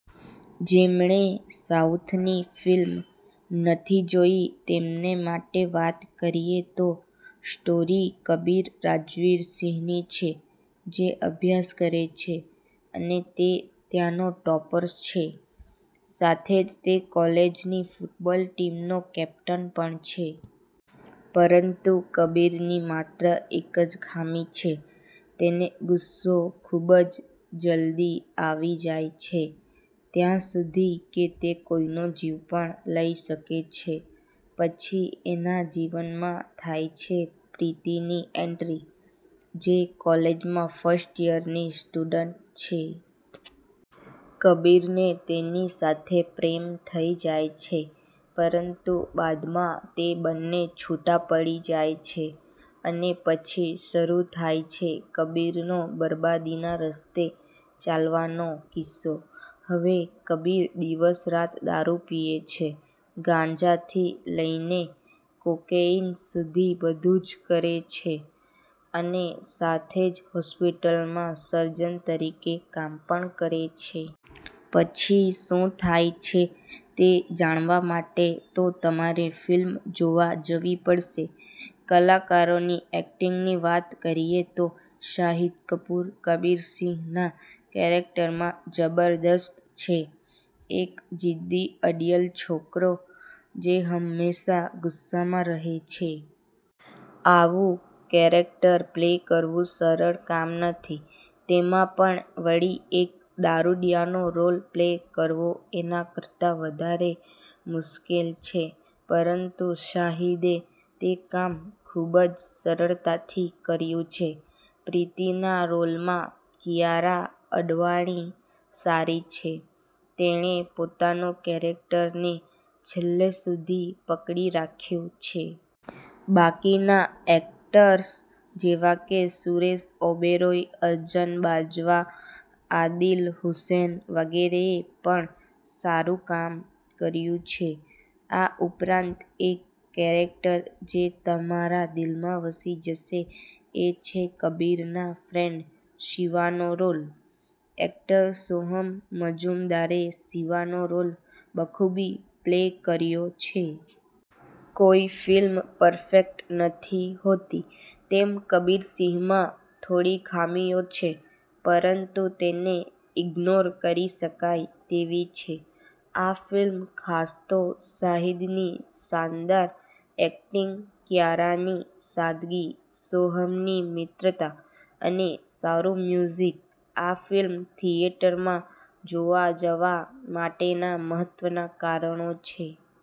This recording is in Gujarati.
જેમણે સાઉથની ફિલ્મ નથી જોઈ તેમને માટે વાત કરીએ તો સ્ટોરી કબીર રાજવીર સિંહની છે, જે અભ્યાસ કરે છે અને તે ત્યાંનો ટોપર છે, સાથે જ તે કોલેજની ફુટબોલ ટીમનો કેપ્ટન પણ છે. પરંતુ કબીરની માત્ર એક જ ખામી છે, તેને ગુસ્સો ખૂબ જ જલ્દી આવી જાય છે. ત્યાં સુધી કે તે કોઈનો જીવ પણ લઈ શકે છે. પછી એના જીવનમાં થાય છે પ્રીતિની એન્ટ્રી, જે કોલેજમાં ફર્સ્ટ યરની સ્ટુડન્ટ છે. કબીરને તેની સાથે પ્રેમ થઈ જાય છે, પરંતુ બાદમાં તે બંને છૂટા પડી જાય છે અને પછી શરૂ થાય છે, કબીરનો બરબાદીના રસ્તે ચાલવાનો કિસ્સો. હવે કબીર દિવસ-રાત દારૂ પીએ છે, ગાંજાથી લઈને કોકેઈન સુધી બધુ જ કરે છે અને સાથે જ હોસ્પિટલમાં સર્જન તરીકે કામ પણ કરે છે. પછી શું થાય છે તે જાણવા માટે તો તમારે ફિલ્મ જોવા જવી પડશે. કલાકારોની એક્ટિંગની વાત કરીએ તો શાહિદ કપૂર, કબીર સિંહના કેરેક્ટરમાં જબરદસ્ત છે. એક જીદ્દી, અડિયલ છોકરો જે હંમેશાં ગુસ્સામાં રહે છે. આવું કેરેક્ટર પ્લે કરવું સરળ કામ નથી. તેમાં પણ વળી એક દારૂડિયાનો રોલ પ્લે કરવો એના કરતા વધારે મુશ્કેલ છે પરંતુ શાહિદે તે કામ ખૂબ જ સરળતાથી કર્યું છે. પ્રીતિના રોલમાં કિયારા અડવાણી સારી છે તેણે પોતાનું કેરેક્ટરને છેલ્લે સુધી પકડી રાખ્યું છે. બાકીના એક્ટરર્સ જેવાકે, સુરેશ ઓબેરોય, અર્જન બાજવા, આદિલ હુસેન, વગેરેએ પણ સારું કામ કર્યું છે. આ ઉપરાંત એક કેરેક્ટર જે તમારા દિલમાં વસી જશે, એ છે કબીરના ફ્રેન્ડ શિવાનો રોલ. એક્ટર સોહમ મજૂમદારે શિવાનો રોલ બખૂબી પ્લે કર્યો છે. કોઈ ફિલ્મ પરફેક્ટ નથી હોતી, તેમ કબીર સિંહમાં થોડી ખામીઓ છે પરંતુ તેને ઈગ્નોર કરી શકાય તેવી છે. આ ફિલ્મ ખાસ તો શાહિદની શાનદાર એક્ટિંગ, કિયારાની સાદગી, સોહમની મિત્રતા અને સારું મ્યુઝીક આ ફિલ્મ થિયેટરમાં જોવા જવા માટેના મહત્ત્વના કારણો છે.